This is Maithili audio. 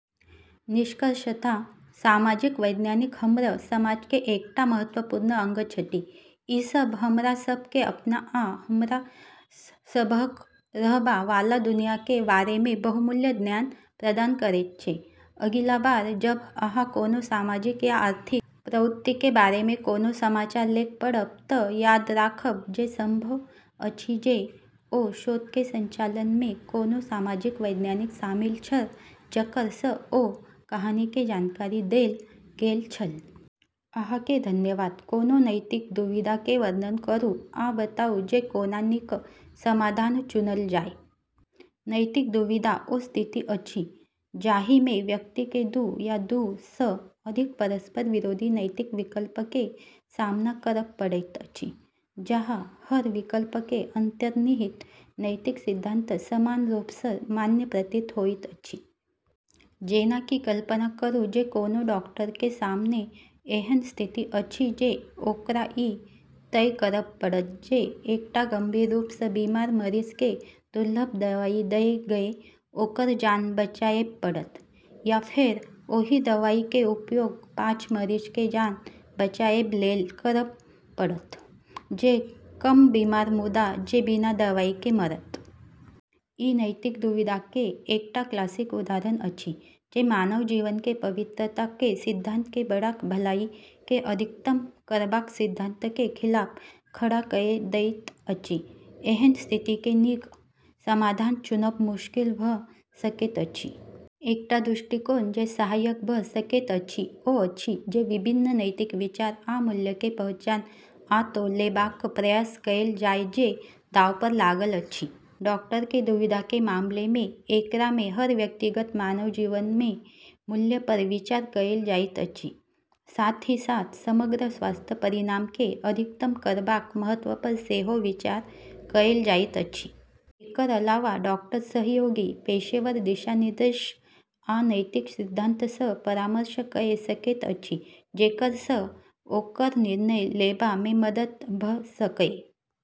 निष्कर्षतः सामाजिक वैज्ञानिक हमर समाज के एकटा महत्वपूर्ण अंग छथि। ई सब हमरा सब के अपन आ हमरा सबहक रहबा वाला दुनिया के बारे मे बहुमूल्य ज्ञान प्रदान करैत छै। अगिला बार जब अहाँ कोनो सामाजिक या आर्थिक प्रवृत्ति के बारे मे कोनो समाचार लेख पढ़ब त याद राखब जे संभव अछि जे ओ शोध के संचालन मे कोनो सामाजिक वैज्ञानिक शामिल छल जकर सँ ओ कहानी के जानकारी देल गेल छल। अहाँ के धन्यवाद। कोनो नैतिक दुविधा के वर्णन करू आ बताउ जे कोना नीक समाधान चुनल जाय। नैतिक दुविधा ओ स्थिति अछि, जाहि मे व्यक्ति के दू या दू सँ अधिक परस्पर विरोधी नैतिक विकल्प के सामना करब पड़ैत अछि, जहाँ हर विकल्प के अंतर्निहित नैतिक सिद्धांत समान रूप सँ मान्य प्रतीत होइत अछि। जेना कि कल्पना करू जे कोनो डॉक्टर के सामने एहन स्थिति अछि जे ओकरा ई तय करब पड़त जे एकटा गंभीर रूप सँ बीमार मरीज के दुर्लभ दवाई दए कए ओकर जान बचाएब पड़त, या फेर ओहि दवाई के उपयोग पाँच मरीज के जान बचाएब लेल करब पड़त जे कम बीमार मुदा जे बिना दवाई के मरत। ई नैतिक दुविधा के एकटा क्लासिक उदाहरण अछि जे मानव जीवन के पवित्रता के सिद्धांत के बड़ा भलाई के अधिकतम करबाक सिद्धांत के खिलाफ खड़ा कए दैत अछि। एहन स्थिति मे नीक समाधान चुनब मुश्किल भ सकैत अछि। एकटा दृष्टिकोण जे सहायक भ सकैत अछि ओ अछि जे विभिन्न नैतिक विचार आ मूल्य के पहचान आ तौलेबाक प्रयास कएल जाय जे दांव पर लागल अछि। डॉक्टर के दुविधा के मामला मे एकरा मे हर व्यक्तिगत मानव जीवन के मूल्य पर विचार कएल जाइत अछि, साथ ही साथ समग्र स्वास्थ्य परिणाम के अधिकतम करबाक महत्व पर सेहो विचार कएल जाइत अछि। एकर अलावा, डॉक्टर सहयोगी, पेशेवर दिशा-निर्देश, आ नैतिक सिद्धांत सँ परामर्श कए सकैत अछि जेकर सँ ओकर निर्णय लेबा मे मदद भ सकए।